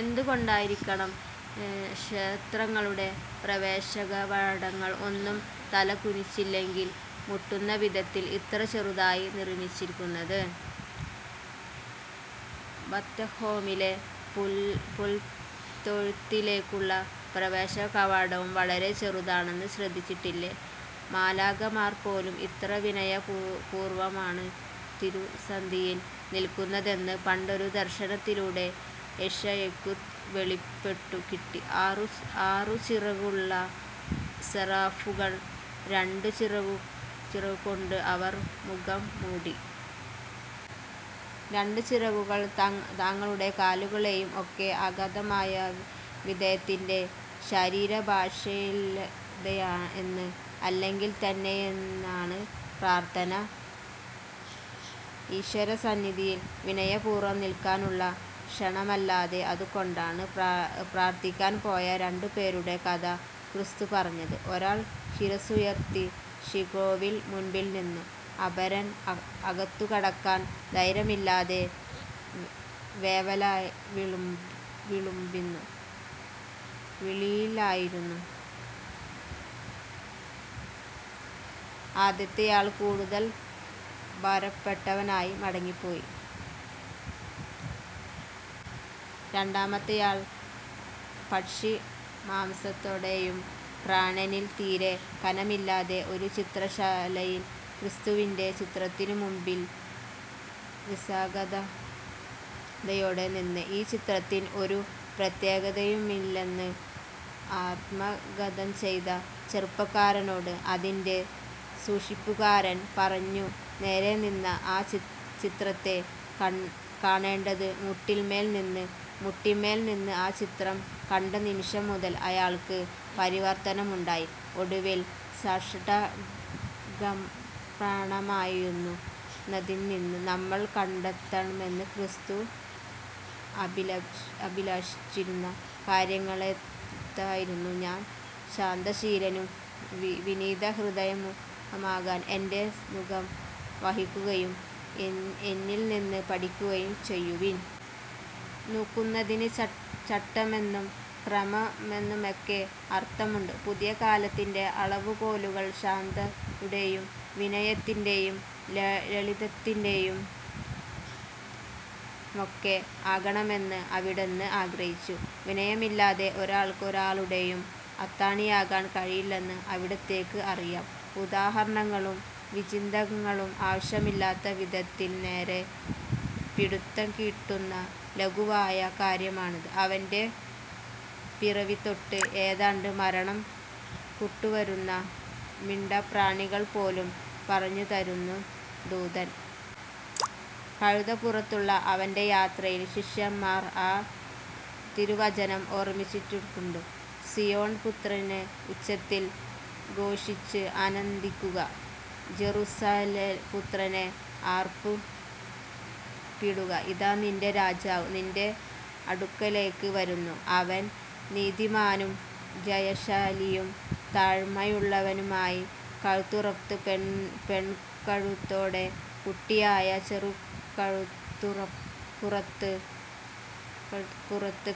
എന്തുകൊണ്ടായിരിക്കണം ക്ഷേത്രങ്ങളുടെ പ്രവേശനകവാടങ്ങൾ ഒന്നു തലകുനിച്ചില്ലെങ്കിൽ മുട്ടുന്നവിധത്തിൽ ഇത്ര ചെറുതായി നിർമിച്ചിരിക്കുന്നത്. ബത്ലഹേമിലെ പുൽത്തൊഴുത്തിലേക്കുള്ള പ്രവേശനകവാടവും വളരെ ചെറുതാണെന്ന് ശ്രദ്ധിച്ചിട്ടില്ലേ. മാലാഖമാർപോലും എത്ര വിനയപൂർവമാണ് തിരുസന്നിധിയിൽ നില്ക്കുന്നതെന്ന് പണ്ടൊരു ദർശനത്തിലൂടെ ഏശയ്യായ്ക്കു വെളിപ്പെട്ടു കിട്ടി. ആറു ചിറകുകളുള്ള സെറാഫുകൾ. രണ്ടു ചിറകുകൾകൊണ്ട് അവർ മുഖം മൂടി. രണ്ടു ചിറകുകൾകൊണ്ട് തങ്ങളുടെ കാലുകളെയും. ഒക്കെ അഗാധമായ വിനയത്തിന്റെ ശരീരഭാഷയല്ലാതെയെന്ത്. അല്ലെങ്കിൽത്തന്നെയെന്താണ് പ്രാർഥന. ഈശ്വരസന്നിധിയിൽ വിനയപൂർവം നിൽക്കാനുള്ള ക്ഷണമല്ലാതെ. അതുകൊണ്ടാണ് പ്രാർഥിക്കാൻ പോയ രണ്ടുപേരുടെ കഥ ക്രിസ്തുപറഞ്ഞത്. ഒരാൾ ശിരസ്സുയർത്തി ശ്രീകോവിലിന് മുൻപിൽനിന്നു. അപരൻ അകത്തുകടക്കാൻ ധൈര്യമില്ലാതെ ദേവാലയ വിളുമ്പിനു വെളിയിലായിനിന്നു. ആദ്യത്തെയാൾ കൂടുതൽ ഭാരപ്പെട്ടവനായി മടങ്ങിപ്പോയി. രണ്ടാമത്തെയാൾ പക്ഷിമാനസത്തോടെയും. പ്രാണനിൽ തീരേ കനമില്ലാതെ. ഒരു ചിത്രശാലയിൽ ക്രിസ്തുവിന്റെ ചിത്രത്തിനുമുൻപിൽ നിസ്സംഗതയോടെ നിന്ന് 'ഈ ചിത്രത്തിന് ഒരു പ്രത്യേകതയുമില്ലെ'ന്ന് ആത്മഗതംചെയ്ത ചെറുപ്പക്കാരനോട് അതിന്റെ സൂക്ഷിപ്പുകാരൻ പറഞ്ഞു:നേരെനിന്നല്ല ആ ചിത്രത്തെ കാണേണ്ടത്, മുട്ടിന്മേൽനിന്ന്. മുട്ടിന്മേൽനിന്ന് ആ ചിത്രം കണ്ടനിമിഷം മുതൽ അയാൾക്ക് പരിവർത്തനമുണ്ടായി. ഒടുവിൽ സാഷ്ടാംഗപ്രണാമമായിരുന്നു. തന്നിൽനിന്ന് നമ്മൾ കണ്ടെത്തണമെന്ന് ക്രിസ്തു അഭിലഷിച്ചിരുന്ന കാര്യങ്ങളിലൊന്നതായിരുന്നു:ഞാൻ ശാന്തശീലനും വിനീതഹൃദയനുമാകയാൽ എന്റെ നുകം വഹിക്കുകയും എന്നിൽനിന്ന് പഠിക്കുകയും ചെയ്യുവിൻ. നുകത്തിന് ചട്ടമെന്നും ക്രമമെന്നുമൊക്കെ അർഥമുണ്ട്. പുതിയ കാലത്തിന്റെ അളവുകോലുകൾ ശാന്തതയുടെയും വിനയത്തിന്റെയും ലാളിത്യത്തിന്റെയുമൊക്കെ ആകണമെന്ന് അവിടുന്ന് ആഗ്രഹിച്ചു. വിനയമില്ലാത്ത ഒരാൾക്ക് ഒരാളുടെയും അത്താണിയാകാൻ കഴിയില്ലെന്നും അവിടുത്തേക്ക് അറിയാം. ഉദാഹരണങ്ങളും വിചിന്തനങ്ങളും ആവശ്യമില്ലാത്തവിധത്തിൽ നേരേ പിടുത്തംകിട്ടുന്ന ലഘുവായ കാര്യമാണത്. അവന്റെ പിറവിതൊട്ട് ഏതാണ്ട് മരണംവരെ കൂട്ടുവരുന്ന മിണ്ടാപ്രാണികൾപോലും പറഞ്ഞുതരുന്ന ദൂതൻ കഴുതപ്പുറത്തുള്ള അവന്റെ യാത്രയിൽ ശിഷ്യന്മാർ ആ തിരുവചനം ഓർമിച്ചെടുക്കുന്നുണ്ട്. സീയോൻപുത്രിയേ, ഉച്ചത്തിൽ ഘോഷിച്ച് ആനന്ദിക്കുക. ജറുസലേം പുത്രിയേ, ആർപ്പിടുക. ഇതാ നിന്റെ രാജാവ് നിന്റെ അടുക്കലേക്ക് വരുന്നു. അവൻ നീതിമാനും ജയശാലിയും താഴ്മയുള്ളവനുമായി കഴുതപ്പുറത്ത്, പെൺകഴുതയുടെ കുട്ടിയായ ചെറുകഴുതപ്പുറത്ത്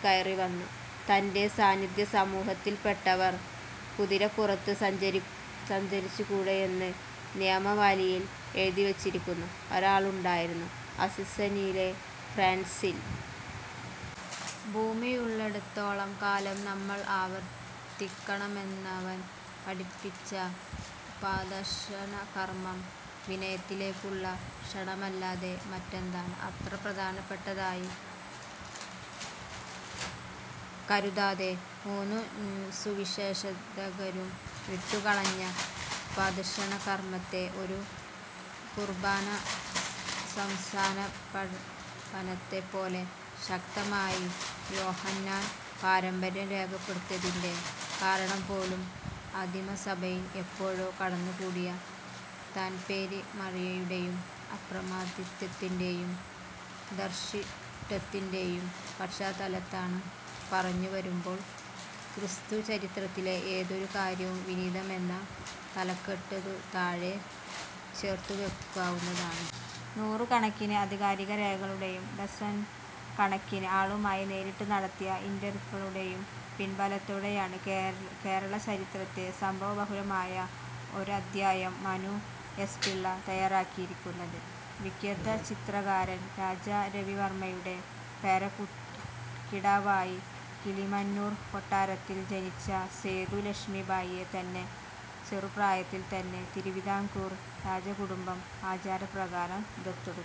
കയറിവരുന്നു. തന്റെ സന്ന്യാസസമൂഹത്തിൽപ്പെട്ടവർ കുതിരപ്പുറത്ത് സഞ്ചരിച്ചുകൂടായെന്ന് നിയമാവലിയിൽ എഴുതിവെച്ചിരുന്ന ഒരാളുണ്ടായിരുന്നു അസ്സീസിയിലെ ഫ്രാൻസിസ്. ഭൂമിയുള്ളിടത്തോളം കാലം നമ്മൾ ആവർത്തിക്കണമെന്നവൻ പഠിപ്പിച്ച പാദക്ഷാളനകർമം വിനയത്തിലേക്കുള്ള ക്ഷണമല്ലാതെ മറ്റെന്താണ്. അത്ര പ്രധാനപ്പെട്ടതായി കരുതാതെ മൂന്നു സുവിശേഷകരും വിട്ടുകളഞ്ഞ പാദക്ഷാളനകർമത്തെ ഒരു കുർബാന സംസ്ഥാപനത്തെപ്പോലെ ശക്തമായി യോഹന്നാൻ പാരമ്പര്യം രേഖപ്പെടുത്തുന്നതിന്റെ കാരണംപോലും ആദിമസഭയിൽ എപ്പോഴോ കടന്നുകൂടിയ താൻപോരിമയുടെയും അപ്രമാദിത്വത്തിന്റെയും ധാർഷ്ട്യത്തിന്റെയും പശ്ചാത്തലമാണ്. പറഞ്ഞുവരുമ്പോൾ ക്രിസ്തുചരിതത്തിലെ ഏതൊരു കാര്യവും വിനീതമെന്ന തലക്കെട്ടിനുതാഴെ ചേർത്തുവെക്കാവുന്നതാണ്. നൂറുകണക്കിന് ആധികാരിക രേഖകളുടെയും ഡസണ് കണക്കിന് ആളുകളുമായി നേരിട്ട് നടത്തിയ ഇന്റര്വ്യൂകളുടെയും പിന്ബലത്തോടെയാണ് കേരളചരിത്രത്തിലെ സംഭവബഹുലമായ ഒരധ്യായം മനു എസ്. പിള്ള തയ്യാറാക്കിയിരിക്കുന്നത്. വിഖ്യാത ചിത്രകാരന് രാജാ രവിവര്മയുടെ പേരക്കിടാവായി കിളിമാനൂര് കൊട്ടാരത്തില് ജനിച്ച സേതു ലക്ഷ്മി ഭായിയെ നന്നെ ചെറുപ്രായത്തില് തന്നെ തിരുവിതാംകൂര് രാജകുടുംബം ആചാരപ്രകാരം ദത്തെടുത്തു.